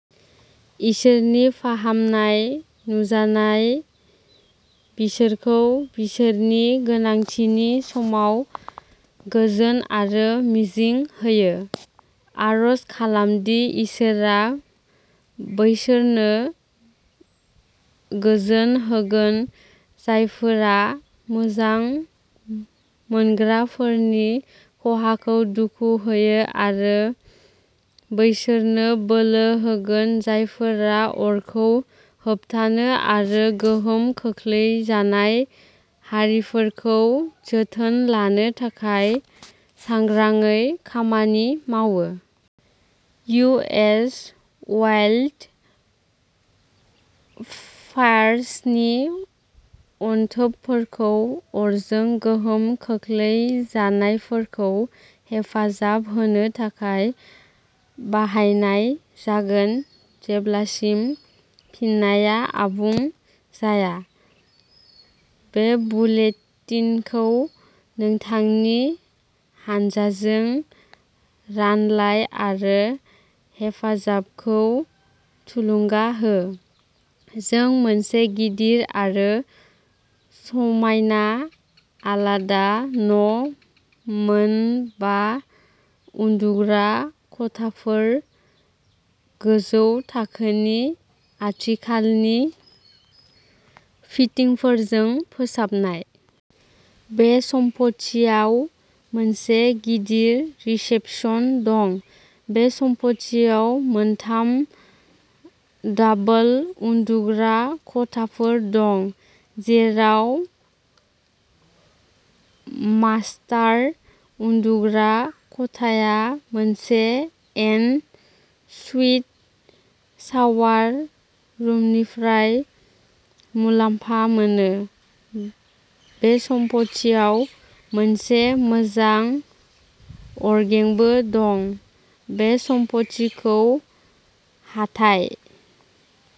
इसोरनि फाहामनाय नुजानाया बिसोरखौ बिसोरनि गोनांथिनि समाव गोजोन आरो मिजिं होयो। आरज खालामदि इसोरआ बैसोरनो गोजोन होगोन जायफोरा मोजां मोनग्राफोरनि खहाखौ दुखु होयो आरो बैसोरनो बोलो होगोन जायफोरा अरखौ होबथानो आरो गोहोम खोख्लैजानाय हारिफोरखौ जोथोन लानो थाखाय सांग्राङै खामानि मावो। इउ एस अवाइल्ड फायार्सनि अनथोबफोरखौ अरजों गोहोम खोख्लैजानायफोरखौ हेफाजाब होनो थाखाय बाहायनाय जागोन जेब्लासिम फिननाया आबुं जाया। बे बुलेटिनखौ नोंथांनि हानजाजों रानलाय आरो हेफाजाबखौ थुलुंगा हो। जों मोनसे गिदिर आरो समायना आलादा न' मोन बा उन्दुग्रा खथाफोर, गोजौ थाखोनि आथिखालनि फिटिंफोरजों फोसाबनाय। बे सम्फथिआव मोनसे गिदिर रिसेपसन दं। बे सम्फथिआव मोनथाम दाबल उन्दुग्रा खथाफोर दं, जेराव मास्टार उन्दुग्रा खथाया मोनसे एन सुइट सावार रुमनिफ्राय मुलाम्फा मोनो। बे सम्फथिआव मोनसे मोजां अरगेंबो दं। बे सम्फथिखौ हाथाइ